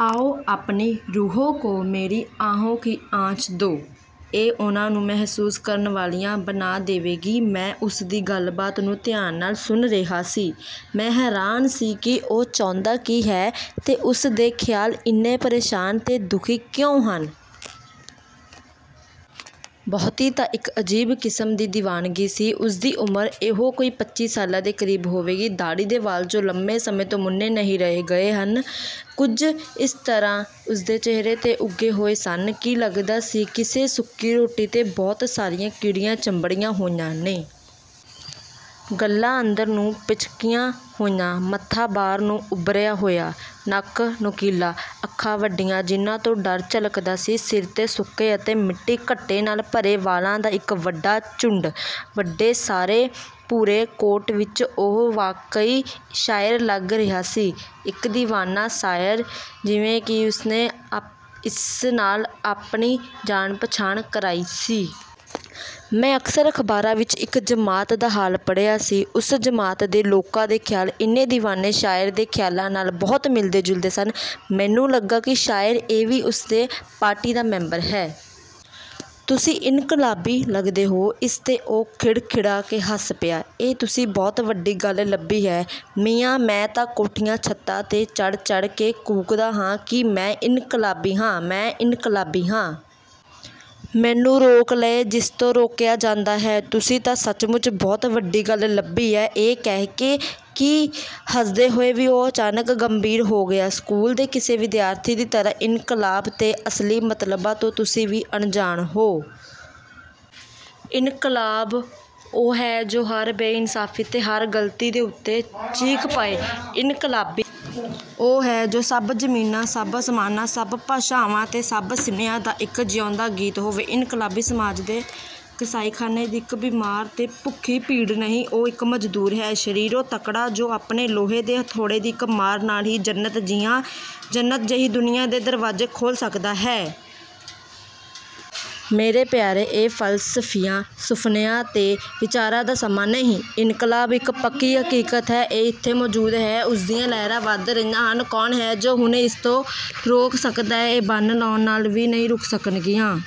ਆਓ ਅਪਨੀ ਰੂਹੋਂ ਕੋ ਮੇਰੀ ਆਹੋਂ ਕੀ ਆਂਚ ਦੋ। ਇਹ ਉਨ੍ਹਾਂ ਨੂੰ ਮਹਿਸੂਸ ਕਰਨ ਵਾਲੀਆਂ ਬਣਾ ਦੇਵੇਗੀ। ਮੈਂ ਉਸ ਦੀ ਗੱਲਬਾਤ ਨੂੰ ਧਿਆਨ ਨਾਲ ਸੁਣ ਰਿਹਾ ਸੀ। ਮੈਂ ਹੈਰਾਨ ਸੀ ਕਿ ਉਹ ਚਾਹੁੰਦਾ ਕੀ ਹੈ ਤੇ ਉਸ ਦੇ ਖ਼ਿਆਲ ਇੰਨੇ ਪਰੇਸ਼ਾਨ ਤੇ ਦੁਖੀ ਕਿਉਂ ਹਨ। ਬਹੁਤੀ ਤਾਂ ਇੱਕ ਅਜੀਬ ਕਿਸਮ ਦੀ ਦੀਵਾਨਗੀ ਸੀ। ਉਸ ਦੀ ਉਮਰ ਇਹੀ ਕੋਈ ਪੱਚੀ ਸਾਲਾਂ ਦੇ ਕਰੀਬ ਹੋਵੇਗੀ। ਦਾੜ੍ਹੀ ਦੇ ਵਾਲ ਜੋ ਇੱਕ ਲੰਮੇ ਸਮੇਂ ਤੋਂ ਮੁੰਨੇ ਨਹੀਂ ਗਏ ਸਨ, ਕੁਝ ਇਸ ਤਰ੍ਹਾਂ ਉਸਦੇ ਚਿਹਰੇ ’ਤੇ ਉੱਗੇ ਹੋਏ ਸਨ ਕਿ ਲੱਗਦਾ ਸੀ ਕਿਸੇ ਸੁੱਕੀ ਰੋਟੀ ’ਤੇ ਬਹੁਤ ਸਾਰੀਆਂ ਕੀੜੀਆਂ ਚੰਬੜੀਆਂ ਹੋਈਆਂ ਨੇ। ਗੱਲ੍ਹਾਂ ਅੰਦਰ ਨੂੰ ਪਿਚਕੀਆਂ ਹੋਈਆਂ, ਮੱਥਾ ਬਾਹਰ ਨੂੰ ਉੱਭਰਿਆ ਹੋਇਆ। ਨੱਕ ਨੋਕੀਲਾ। ਅੱਖਾਂ ਵੱਡੀਆਂ ਜਿਨ੍ਹਾਂ ਤੋਂ ਡਰ ਝਲਕਦਾ ਸੀ। ਸਿਰ ’ਤੇ ਸੁੱਕੇ ਅਤੇ ਮਿੱਟੀ-ਘੱਟੇ ਨਾਲ ਭਰੇ ਵਾਲਾਂ ਦਾ ਇੱਕ ਵੱਡਾ ਝੁੰਡ। ਵੱਡੇ ਸਾਰੇ ਭੂਰੇ ਕੋਟ ਵਿਚ ਉਹ ਵਾਕਈ ਸ਼ਾਇਰ ਲੱਗ ਰਿਹਾ ਸੀ, ਇੱਕ ਦੀਵਾਨਾ ਸ਼ਾਇਰ, ਜਿਵੇਂ ਕਿ ਉਸਨੇ ਆਪ ਇਸ ਨਾਂ ਨਾਲ ਆਪਣੀ ਜਾਣ-ਪਛਾਣ ਕਰਾਈ ਸੀ। ਮੈਂ ਅਕਸਰ ਅਖ਼ਬਾਰਾਂ ਵਿਚ ਇੱਕ ਜਮਾਤ ਦਾ ਹਾਲ ਪੜ੍ਹਿਆ ਸੀ। ਉਸ ਜਮਾਤ ਦੇ ਲੋਕਾਂ ਦੇ ਖ਼ਿਆਲ ਇਸ ਦੀਵਾਨੇ ਸ਼ਾਇਰ ਦੇ ਖ਼ਿਆਲਾਂ ਨਾਲ ਬਹੁਤ ਮਿਲਦੇ-ਜੁਲਦੇ ਸਨ। ਮੈਨੂੰ ਲੱਗਾ ਕਿ ਸ਼ਾਇਦ ਇਹ ਵੀ ਉਸੇ ਪਾਰਟੀ ਦਾ ਮੈਂਬਰ ਹੈ। ਤੁਸੀਂ ਇਨਕਲਾਬੀ ਲੱਗਦੇ ਹੋ। ਇਸ ’ਤੇ ਉਹ ਖਿੜਖਿੜਾ ਕੇ ਹੱਸ ਪਿਆ। ਇਹ ਤੁਸੀਂ ਬਹੁਤ ਵੱਡੀ ਗੱਲ ਲੱਭੀ ਹੈ। ਮੀਆਂ, ਮੈਂ ਤਾਂ ਕੋਠਿਆਂ-ਛੱਤਾਂ ’ਤੇ ਚੜ੍ਹ-ਚੜ੍ਹ ਕੇ ਕੂਕਦਾ ਹਾਂ ਕਿ ਮੈਂ ਇਨਕਲਾਬੀ ਹਾਂ, ਮੈਂ ਇਨਕਲਾਬੀ ਹਾਂ। ਮੈਨੂੰ ਰੋਕ ਲਏ ਜਿਸ ਤੋਂ ਰੋਕਿਆ ਜਾਂਦਾ ਹਾਂ। ਤੁਸੀਂ ਤਾਂ ਸੱਚਮੁੱਚ ਬਹੁਤ ਵੱਡੀ ਗੱਲ ਲੱਭੀ ਹੈ। ਇਹ ਕਹਿ ਕੇ ਹੱਸਦੇ ਹੋਏ ਵੀ ਉਹ ਅਚਾਨਕ ਗੰਭੀਰ ਹੋ ਗਿਆ। ਸਕੂਲ ਦੇ ਕਿਸੇ ਵਿਦਿਆਰਥੀ ਦੀ ਤਰ੍ਹਾਂ ਇਨਕਲਾਬ ਦੇ ਅਸਲੀ ਮਤਲਬਾਂ ਤੋਂ ਤੁਸੀਂ ਵੀ ਅਣਜਾਣ ਹੋ। ਇਨਕਲਾਬ ਉਹ ਹੈ ਜੋ ਹਰ ਬੇਇਨਸਾਫ਼ੀ ਤੇ ਹਰ ਗਲਤੀ ਦੇ ਉੱਤੇ ਚੀਖ਼ ਪਏ। ਇਨਕਲਾਬੀ ਉਹ ਹੈ ਜੋ ਸਭ ਜ਼ਮੀਨਾਂ, ਸਭ ਅਸਮਾਨਾਂ, ਸਭ ਭਾਸ਼ਾਵਾਂ ਤੇ ਸਭ ਸਮਿਆਂ ਦਾ ਇੱਕ ਜਿਉਂਦਾ ਗੀਤ ਹੋਵੇ। ਇਨਕਲਾਬੀ ਸਮਾਜ ਦੇ ਕਸਾਈਖਾਨੇ ਦੀ ਇੱਕ ਬਿਮਾਰ ਤੇ ਭੁੱਖੀ ਭੀੜ ਨਹੀਂ, ਉਹ ਇੱਕ ਮਜ਼ਦੂਰ ਹੈ, ਸਰੀਰੋਂ ਤਕੜਾ, ਜੋ ਆਪਣੇ ਲੋਹੇ ਦੇ ਹਥੌੜੇ ਦੀ ਇੱਕ ਮਾਰ ਨਾਲ ਹੀ ਜੰਨਤ ਜਿਹੀ ਦੁਨੀਆ ਦੇ ਦਰਵਾਜ਼ੇ ਖੋਲ੍ਹ ਸਕਦਾ ਹੈ। ਮੇਰੇ ਪਿਆਰੇ, ਇਹ ਫ਼ਲਸਫ਼ਿਆਂ, ਸੁਫ਼ਨਿਆਂ ਤੇ ਵਿਚਾਰਾਂ ਦਾ ਸਮਾਂ ਨਹੀਂ। ਇਨਕਲਾਬ ਇੱਕ ਪੱਕੀ ਹਕੀਕਤ ਹੈ, ਇਹ ਇੱਥੇ ਮੌਜੂਦ ਹੈ। ਉਸ ਦੀਆਂ ਲਹਿਰਾਂ ਵਧ ਰਹੀਆਂ ਹਨ। ਕੌਣ ਹੈ ਜੋ ਹੁਣ ਇਸ ਨੂੰ ਰੋਕ ਸਕਦਾ ਹੈ। ਇਹ ਬੰਨ੍ਹ ਲਾਉਣ ਨਾਲ ਨਹੀਂ ਰੁਕ ਸਕਣਗੀਆਂ।